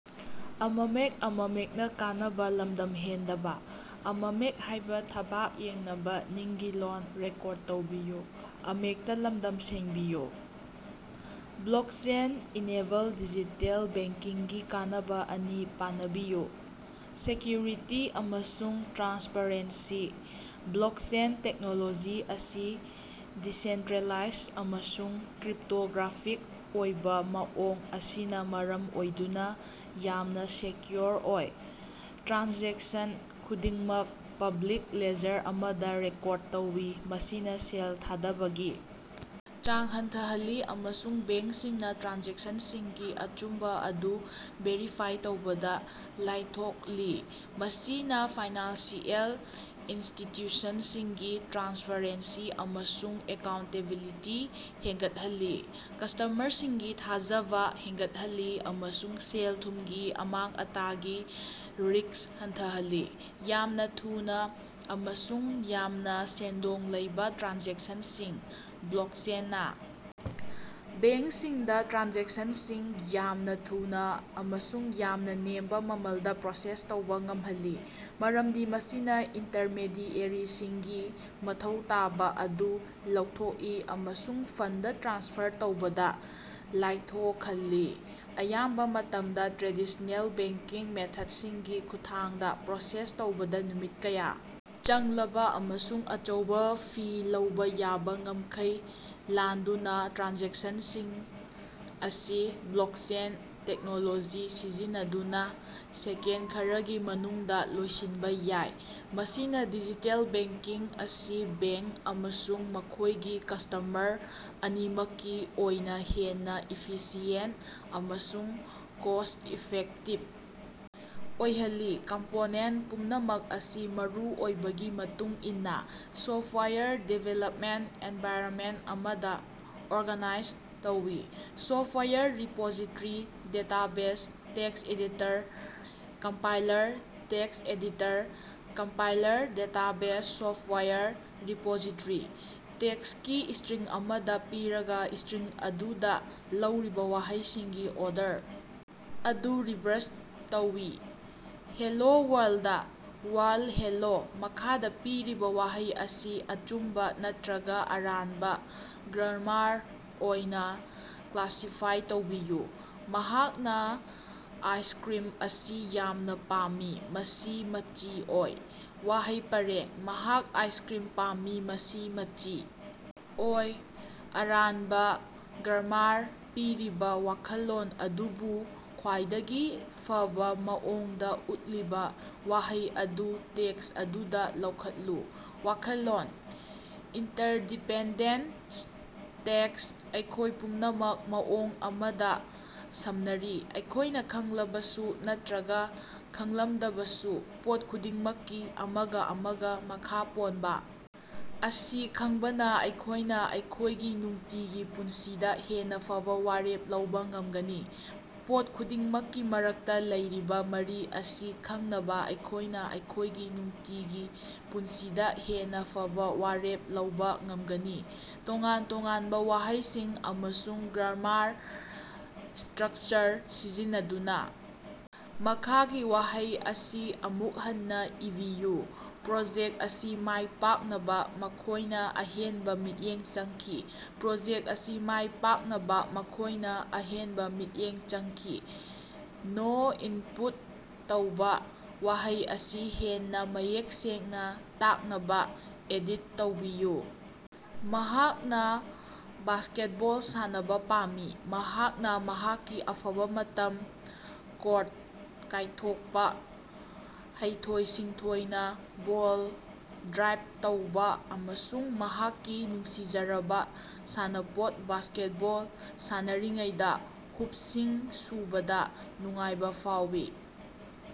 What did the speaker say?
Blockchain-enabled digital ꯕꯦꯡꯀꯤꯡꯒꯤ ꯀꯥꯟꯅꯕ ꯑꯅꯤ ꯄꯥꯅꯕꯤꯌꯨ꯫ ꯁꯦꯀ꯭ꯌꯨꯔꯤꯇꯤ ꯑꯃꯁꯨꯡ ꯇ꯭ꯔꯥꯟꯁꯄꯔꯦꯟꯁꯤ: ꯕ꯭ꯂꯣꯛꯆꯦꯟ ꯇꯦꯛꯅꯣꯂꯣꯖꯤ ꯑꯁꯤ ꯗꯤꯁꯦꯟꯇ꯭ꯔꯦꯂꯥꯏꯖ ꯑꯃꯁꯨꯡ ꯀ꯭ꯔꯤꯞꯇꯣꯒ꯭ꯔꯥꯐꯤꯛ ꯑꯣꯏꯕ ꯃꯑꯣꯡ ꯑꯁꯤꯅ ꯃꯔꯝ ꯑꯣꯏꯗꯨꯅ ꯌꯥꯝꯅ ꯁꯦꯀ꯭ꯌꯨꯔ ꯑꯣꯏ꯫ ꯇ꯭ꯔꯥꯟꯖꯦꯛꯁꯟ ꯈꯨꯗꯤꯡꯃꯛ ꯄꯕ꯭ꯂꯤꯛ ꯂꯦꯖꯔ ꯑꯃꯗ ꯔꯦꯀꯣꯔꯗ ꯇꯧꯏ, ꯃꯁꯤꯅ ꯁꯦꯜ ꯊꯥꯗꯕꯒꯤ ꯆꯥꯡ ꯍꯟꯊꯍꯜꯂꯤ ꯑꯃꯁꯨꯡ ꯕꯦꯡꯛꯁꯤꯡꯅ ꯇ꯭ꯔꯥꯟꯖꯦꯛꯁꯟꯁꯤꯡꯒꯤ ꯑꯆꯨꯝꯕ ꯑꯗꯨ ꯚꯦꯔꯤꯐꯥꯏ ꯇꯧꯕꯗ ꯂꯥꯏꯊꯣꯛꯜꯂꯤ꯫ ꯃꯁꯤꯅ ꯐꯥꯏꯅꯥꯟꯁꯤꯑꯦꯜ ꯏꯟꯁꯇꯤꯇ꯭ꯌꯨꯁꯟꯁꯤꯡꯒꯤ ꯇ꯭ꯔꯥꯟꯁꯄꯔꯦꯟꯁꯤ ꯑꯃꯁꯨꯡ ꯑꯦꯀꯥꯎꯟꯇꯦꯕꯤꯂꯤꯇꯤ ꯍꯦꯟꯒꯠꯍꯜꯂꯤ, ꯀ꯭ꯁꯇꯃꯔꯁꯤꯡꯒꯤ ꯊꯥꯖꯕꯥ ꯍꯦꯟꯒꯠꯍꯜꯂꯤ ꯑꯃꯁꯨꯡ ꯁꯦꯜ-ꯊꯨꯝꯒꯤ ꯑꯃꯥꯡ-ꯑꯇꯥꯒꯤ ꯔꯤꯁ꯭ꯛ ꯍꯟꯊꯍꯜꯂꯤ꯫ ꯌꯥꯝꯅ ꯊꯨꯅ ꯑꯃꯁꯨꯡ ꯌꯥꯝꯅ ꯁꯦꯟꯗꯣꯡ ꯂꯩꯕ ꯇ꯭ꯔꯥꯟꯖꯦꯛꯁꯟꯁꯤꯡ: ꯕ꯭ꯂꯣꯛꯆꯦꯟꯅ ꯕꯦꯡꯛꯁꯤꯡꯗ ꯇ꯭ꯔꯥꯟꯖꯦꯛꯁꯟꯁꯤꯡ ꯌꯥꯝꯅ ꯊꯨꯅ ꯑꯃꯁꯨꯡ ꯌꯥꯝꯅ ꯅꯦꯝꯕ ꯃꯃꯜꯗ ꯄ꯭ꯔꯣꯁꯦꯁ ꯇꯧꯕ ꯉꯝꯍꯜꯂꯤ, ꯃꯔꯝꯗꯤ ꯃꯁꯤꯅ ꯏꯟꯇ꯭ꯔꯃꯦꯗꯤꯑꯦꯔꯤꯁꯤꯡꯒꯤ ꯃꯊꯧ ꯇꯥꯕ ꯑꯗꯨ ꯂꯧꯊꯣꯛꯏ ꯑꯃꯁꯨꯡ ꯐꯟꯗ ꯇ꯭ꯔꯥꯟꯁꯐꯔ ꯇꯧꯕꯗꯥ ꯂꯥꯏꯊꯣꯛꯍꯜꯂꯤ꯫ ꯑꯌꯥꯝꯕ ꯃꯇꯝꯗ ꯇ꯭ꯔꯦꯗꯤꯁ꯭ꯅꯦꯜ ꯕꯦꯡꯀꯤꯡ ꯃꯦꯊ꯭ꯗꯁꯤꯡꯒꯤ ꯈꯨꯠꯊꯥꯡꯗ ꯄ꯭ꯔꯣꯁꯦꯁ ꯇꯧꯕꯗ ꯅꯨꯃꯤꯠ ꯀꯌꯥ ꯆꯪꯂꯕ ꯑꯃꯁꯨꯡ ꯑꯆꯧꯕ ꯐꯤ ꯂꯧꯕ ꯌꯥꯕ ꯉꯝꯈꯩ ꯂꯥꯟꯗꯨꯅ ꯇ꯭ꯔꯥꯟꯖꯦꯛꯁꯟꯁꯤꯡ ꯑꯁꯤ ꯕ꯭ꯂꯣꯛꯆꯦꯟ ꯇꯦꯛꯅꯣꯂꯣꯖꯤ ꯁꯤꯖꯤꯟꯅꯗꯨꯅ ꯁꯦꯀꯦꯟ ꯈꯔꯒꯤ ꯃꯅꯨꯡꯗ ꯂꯣꯏꯁꯤꯟꯕ ꯌꯥꯏ꯫ ꯃꯁꯤꯅ ꯗꯤꯖꯤꯇꯦꯜ ꯕꯦꯡꯀꯤꯡ ꯑꯁꯤ ꯕꯦꯡꯛ ꯑꯃꯁꯨꯡ ꯃꯈꯣꯏꯒꯤ ꯀ꯭ꯁꯇꯃꯔ ꯑꯅꯤꯃꯛꯀꯤ ꯑꯣꯏꯅ ꯍꯦꯟꯅ ꯏꯐꯤꯁꯤꯌꯦꯟꯠ ꯑꯃꯁꯨꯡ ꯀꯣꯁ꯭ꯠ ꯏꯐꯦꯛꯇꯤꯕ ꯑꯣꯏꯍꯜꯂꯤ꯫ ꯀꯝꯄꯣꯅꯦꯟꯠ ꯄꯨꯝꯅꯃꯛ ꯑꯁꯤ ꯃꯔꯨꯑꯣꯏꯕꯒꯤ ꯃꯇꯨꯡꯏꯟꯅ ꯁꯣꯐꯋꯥꯌꯔ ꯗꯤꯚꯦꯂꯞꯃꯦꯟꯠ ꯑꯦꯟꯚꯥꯏꯔꯟꯃꯦꯟꯠ ꯑꯃꯗ ꯑꯣꯔꯒꯥꯅꯥꯏꯖ ꯇꯧ- software repository, database, text editor, compiler, text editor compiler database software repository. ꯇꯦꯛꯁꯀꯤ ꯁ꯭ꯇꯔꯤꯡ ꯑꯃꯥ ꯄꯤꯔꯒꯥ, ꯁ꯭ꯇꯔꯤꯡ ꯑꯗꯨꯗ ꯂꯧꯔꯤꯕ ꯋꯥꯍꯩꯁꯤꯡꯒꯤ ꯑꯣꯔꯗꯔ ꯑꯗꯨ ꯔꯤꯚ꯭ꯔꯁ ꯇꯧ꯫ Hello world. World hello. ꯃꯈꯥꯗꯥ ꯄꯤꯔꯤꯕꯥ ꯋꯥꯍꯩ ꯑꯁꯤ ꯑꯆꯨꯝꯕꯥ ꯅꯠꯇꯔꯒ ꯑꯔꯥꯟꯕ ꯒ꯭ꯔꯥꯃꯥꯔ ꯑꯣꯏꯅ ꯀ꯭ꯂꯥꯁꯤꯐꯥꯏ ꯇꯧꯕꯤꯌꯨ: "ꯃꯍꯥꯛꯅ ꯑꯥꯏꯁꯀ꯭ꯔꯤꯝ ꯑꯁꯤ ꯌꯥꯝꯅ ꯄꯥꯝꯃꯤ ꯃꯁꯤ ꯃꯆꯤ ꯑꯣꯏ꯫" ꯋꯥꯍꯩ ꯄꯔꯦꯡ: ꯃꯍꯥꯛꯅ ꯑꯥꯏꯁꯀ꯭ꯔꯤꯝ ꯄꯥꯝꯃꯤ ꯃꯁꯤ ꯃꯆꯤ ꯑꯣꯏ꯫ ꯑꯔꯥꯟꯕ ꯒ꯭ꯔꯥꯃꯥꯔ꯫ ꯄꯤꯔꯤꯕ ꯋꯥꯈꯜꯂꯣꯟ ꯑꯗꯨꯕꯨ ꯈ꯭ꯋꯥꯏꯗꯒꯤ ꯐꯕ ꯃꯑꯣꯡꯗ ꯎꯠꯂꯤꯕ ꯋꯥꯍꯩ ꯑꯗꯨ ꯇꯦꯛꯁ ꯑꯗꯨꯗ ꯂꯧꯈꯠꯂꯨ꯫ ꯋꯥꯈꯜꯂꯣꯟ: ꯏꯟꯇꯔꯗꯤꯄꯦꯟꯗꯦꯟꯁ ꯇꯦꯛꯁ: ꯑꯩꯈꯣꯏ ꯄꯨꯝꯅꯃꯛ ꯃꯑꯣꯡ ꯑꯃꯗ ꯁꯝꯅꯔꯤ, ꯑꯩꯈꯣꯏꯅ ꯈꯪꯂꯕꯁꯨ ꯅꯠꯇꯔꯒ ꯈꯪꯂꯝꯗꯕꯁꯨ꯫ ꯄꯣꯠ ꯈꯨꯗꯤꯡꯃꯛꯀꯤ ꯑꯃꯒ ꯑꯃꯒ ꯃꯈꯥ ꯄꯣꯟꯕ ꯑꯁꯤ ꯈꯪꯕꯅ ꯑꯩꯈꯣꯏꯅ ꯑꯩꯈꯣꯏꯒꯤ ꯅꯨꯡꯇꯤꯒꯤ ꯄꯨꯟꯁꯤꯗ ꯍꯦꯟꯅ ꯐꯕ ꯋꯥꯔꯦꯞ ꯂꯧꯕ ꯉꯝꯒꯅꯤ꯫ ꯄꯣꯠ ꯈꯨꯗꯤꯡꯃꯛꯀꯤ ꯃꯔꯛꯇ ꯂꯩꯔꯤꯕ ꯃꯔꯤ ꯑꯁꯤ ꯈꯪꯅꯕ ꯑꯩꯈꯣꯏꯅ ꯑꯩꯈꯣꯏꯒꯤ ꯅꯨꯡꯇꯤꯒꯤ ꯄꯨꯟꯁꯤꯗ ꯍꯦꯟꯅ ꯐꯕ ꯋꯥꯔꯦꯞ ꯂꯧꯕꯥ ꯉꯝꯒꯅꯤ꯫ ꯇꯣꯉꯥꯟ-ꯇꯣꯉꯥꯟꯕ ꯋꯥꯍꯩꯁꯤꯡ ꯑꯃꯁꯨꯡ ꯒ꯭ꯔꯥꯃꯥꯔ ꯁ꯭ꯇꯔꯛꯆꯔ ꯁꯤꯖꯤꯟꯅꯗꯨꯅ ꯃꯈꯥꯒꯤ ꯋꯥꯍꯩ ꯑꯁꯤ ꯑꯃꯨꯛ ꯍꯟꯅ ꯏꯕꯤꯌꯨ꯫ ꯄ꯭ꯔꯣꯖꯦꯛ ꯑꯁꯤ ꯃꯥꯏ ꯄꯥꯛꯅꯕ ꯃꯈꯣꯏꯅ ꯑꯍꯦꯟꯕ ꯃꯤꯠꯌꯦꯡ ꯆꯪꯈꯤ꯫ ꯄ꯭ꯔꯣꯖꯦꯛ ꯑꯁꯤ ꯃꯥꯏ ꯄꯥꯛꯅꯕ ꯃꯈꯣꯏꯅ ꯑꯍꯦꯟꯕ ꯃꯤꯠꯌꯦꯡ ꯆꯪꯈꯤ꯫ ꯅꯣ ꯏꯟꯄꯨꯠ ꯇꯧꯕ꯫ ꯋꯥꯍꯩ ꯑꯁꯤ ꯍꯦꯟꯅꯥ ꯃꯌꯦꯛ ꯁꯦꯡꯅ ꯇꯥꯛꯅꯕ ꯑꯦꯗꯤꯠ ꯇꯧꯕꯤꯌꯨ: "ꯃꯍꯥꯛꯅ ꯕꯥꯁ꯭ꯀꯦꯠꯕꯣꯜ ꯁꯥꯟꯅꯕ ꯄꯥꯝꯃꯤ꯫" ꯃꯍꯥꯛꯅ ꯃꯍꯥꯛꯀꯤ ꯑꯐꯕ ꯃꯇꯝ ꯀꯣꯔ꯭ꯠꯇ ꯀꯥꯏꯊꯣꯛꯄ, ꯍꯩꯊꯣꯏ-ꯁꯤꯡꯊꯣꯏꯅ ꯕꯣꯜ ꯗ꯭ꯔꯥꯏꯕ ꯇꯧꯕ ꯑꯃꯁꯨꯡ ꯃꯍꯥꯛꯀꯤ ꯅꯨꯡꯁꯤꯖꯔꯕ ꯁꯥꯟꯅꯄꯣꯠ ꯕꯥꯁꯀꯦꯠꯕꯣꯜ ꯁꯥꯟꯅꯔꯤꯉꯩꯗ ꯍꯨꯞꯁꯤꯡ ꯁꯨꯕꯗ ꯅꯨꯡꯉꯥꯏꯕ ꯐꯥꯎꯏ꯫